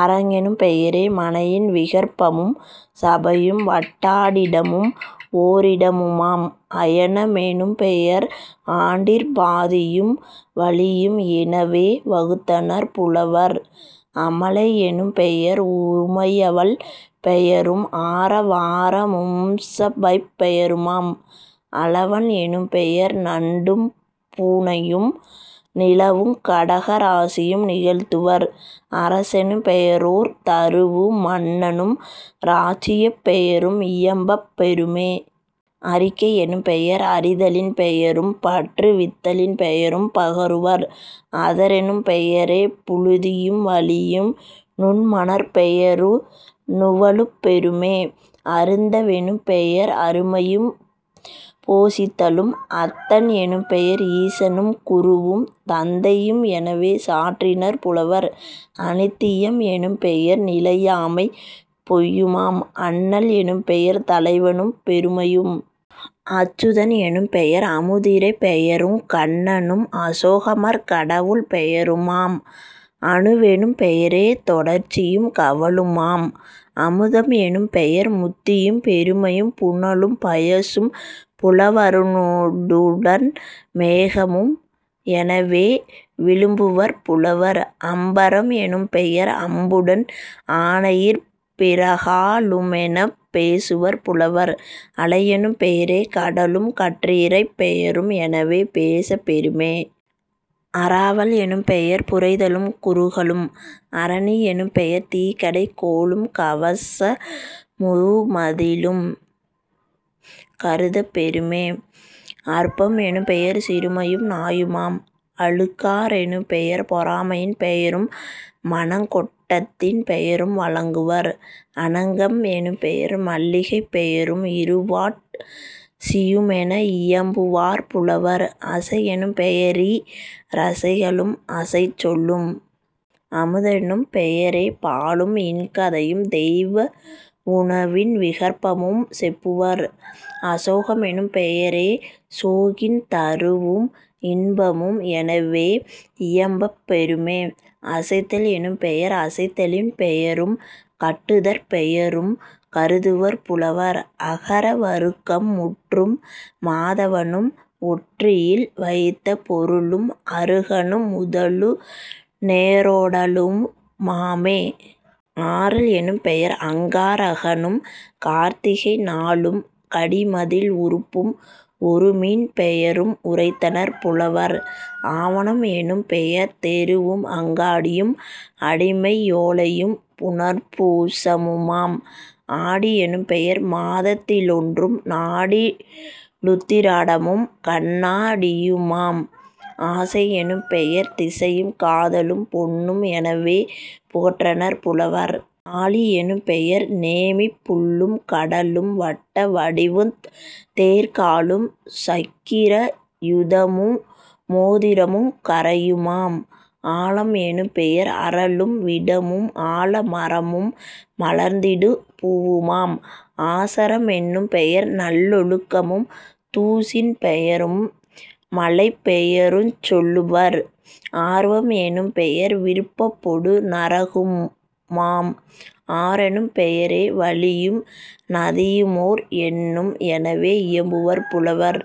அரங்கெனும் பெயரே மனையின் விகற்பமும் சபையும் வட்டா டிடமும்ஓ ரிடமுமாம்..... அயன மெனும்பெயர் ஆண்டிற் பாதியும் வழியும் எனவே வகுத்தனர் புலவர்..... அமலை யெனும்பெயர் உமையவள் பெயரும் ஆர வார மும்சபைப் பெயருமாம்..... அலவன் எனும்பெயர் நண்டும் பூஞையும் நிலவுங் கடக ராசியும் நிகழ்த்துவர்..... அரசெனும் பெயரோர் தருவு மன்னனும் ராச்சியப் பெயரும் இயம்பப் பெறுமே..... அறிக்கை எனும்பெயர் அறிதலின் பெயரும் பற்று வித்தலின் பெயரும் பகருவர்..... அதரெனும் பெயரே புழுதியும் வழியும் நுண்மணற் பெயரு நுவலப் பெறுமே..... அருந்த வெனும்பெயர் அருமையும் பொசித்தலும்..... அத்தன் எனும்பெயர் ஈசனும் குருவும் தந்தையும் எனவே சாற்றினர் புலவர்..... அனித்தியம் எனும்பெயர் நிலையாமை பொய்யுமாம்..... அண்ணல் எனும்பெயர் தலைவனும் பெருமையும்..... அச்சுதன் எனும்பெயர் அமுதிறை பெயருங் கண்ணனும் அசோகமர் கடவுள் பெயருமாம்..... அனுவெனும் பெயரே தொடர்ச்சியும் கவுளுமாம்..... அமுதம் எனும்பெயர் முத்தியும் பெருமையும் புனலும் பயசும் புலவ ருணவுடன் மேகமும் எனவே விளம்புவர் புலவர்..... அம்பரம் எனும்பெயர் அம்புடன் ஆனையிற் பிறகா லுமெனப் பேசுவர் புலவர்..... அலையெனும் பெயரே கடலும் கடற்றிரைப் பெயரும் எனவே பேசப் பெறுமே..... அராவல் எனும்பெயர் புரைதலும் குறுகலும்..... அரணி யெனும்பெயர் தீக்கடை கோலும் கவசமு மதிலும் கருதப் பெறுமே..... அற்பம் எனும்பெயர் சிறுமையும் நாயுமாம்..... அழுக்கா றெனும்பெயர் பொறாமையின் பெயரும் மனக்கோட் டத்தின் பெயரும் வழங்குவர்..... அனங்கம் எனும்பெயர் மல்லிகைப் பெயரும் இருவாட் சியுமென இயம்புவர் புலவர்..... அசையெனும் பெயரீ ரசைகளும் அசைச்சொல்லும்..... அமுதெனும் பெயரே பாலும் இன்கதையும் தெய்வ வுணவின் விகற்பமும் செப்புவர்..... அசோக மெனும்பெய ரசோகின் தருவும் இன்பமும் எனவே இயம்பப் பெறுமே..... அசைத்தல் எனும் பெயர் அசைத்தலின் பெயரும் கட்டுதற் பெயரும் கருதுவர் புலவர்..... அகர வருக்கம் முற்றும். மாதவனும் ஒற்றியில் வைத்த பொருளும் அருகனு முதலு நேரோடலு மாமே..... ஆரல் எனும்பெயர் அங்கா ரகனும் கார்த்திகை நாளும் கடிமதில் உறுப்பும் ஒருமீன் பெயரும் உரைத்தனர் புலவர்..... ஆவணம் எனும்பெயர் தெருவும் அங்காடியும் அடிமை யோலையும் புனர்பூ சமுமாம்..... ஆடி யெனும்பெயர் மாதத்தி லொன்றும் நாடி லுத்திராடமும் கண்ணா டியுமாம்..... ஆசை யெனும்பெயர் திசையும் காதலும் பொன்னும் எனவே புகன்றனர் புலவர்..... ஆழி யெனும்பெயர் நேமிப் புள்ளும் கடலும் வட்ட வடிவுந் தேர்க்காலும் சக்கிரா யுதமு மோதிரமுங் கரையுமாம்..... ஆலம் எனும்பெயர் அறலும் விடமும் ஆல மரமும் மலர்ந்திடு பூவுமாம்..... ஆசார மென்னும் பெயர்நல் லொழுக்கமும் தூசின் பெயரும் மழைப்பெயருஞ் சொல்லுவர்..... ஆர்வம் எனும்பெயர் விருப்பொடு நரகுமாம்..... ஆறெனும் பெயரே வழியும் நதியுமோர் எண்ணும் எனவே இயம்புவர் புலவர்.....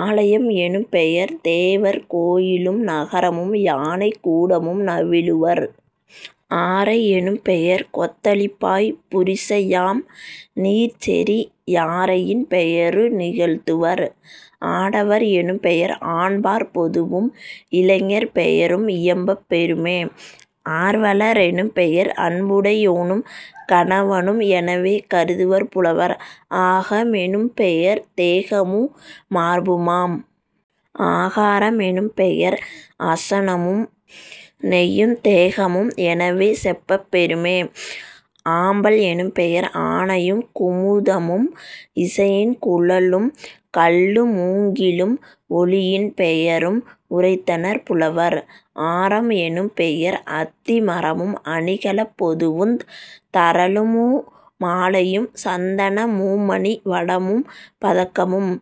ஆலையம் எனும்பெயர் தேவர் கோயிலும் நகரமும் யானைக் கூடமும் நவிலுவர்..... ஆரை எனும்பெயர் கொத்தளிப்பாய் புரிசையாம் நீர்செறி யாரையின் பெயரு நிகழ்த்துவர்..... ஆடவர் எனும்பெயர் ஆண்பாற் பொதுவும் இளைஞர் பெயரும் இயம்பப் பெறுமே..... ஆர்வல ரெனும்பெயர் அன்புடை யோனும் கணவனும் எனவே கருதுவர் புலவர்..... ஆக மெனும்பெயர் தேகமு மார்புமாம்.....। ஆகார மெனும்பெயர் அசனமு நெய்யுந் தேகமும் எனவே செப்பப் பெறுமே..... ஆம்பல் எனும்பெயர் ஆனையுங் குமுதமும் இசையின் குழலும் கள்ளு மூங்கிலும் ஒலியின் பெயரும் உரைத்தனர் புலவர்..... ஆரம் எனும்பெயர் அத்தி மரமும் அணிகலப் பொதுவுந் தரளமு மாலையும் சந்தன முமணி வடமும் பதக்கமும்.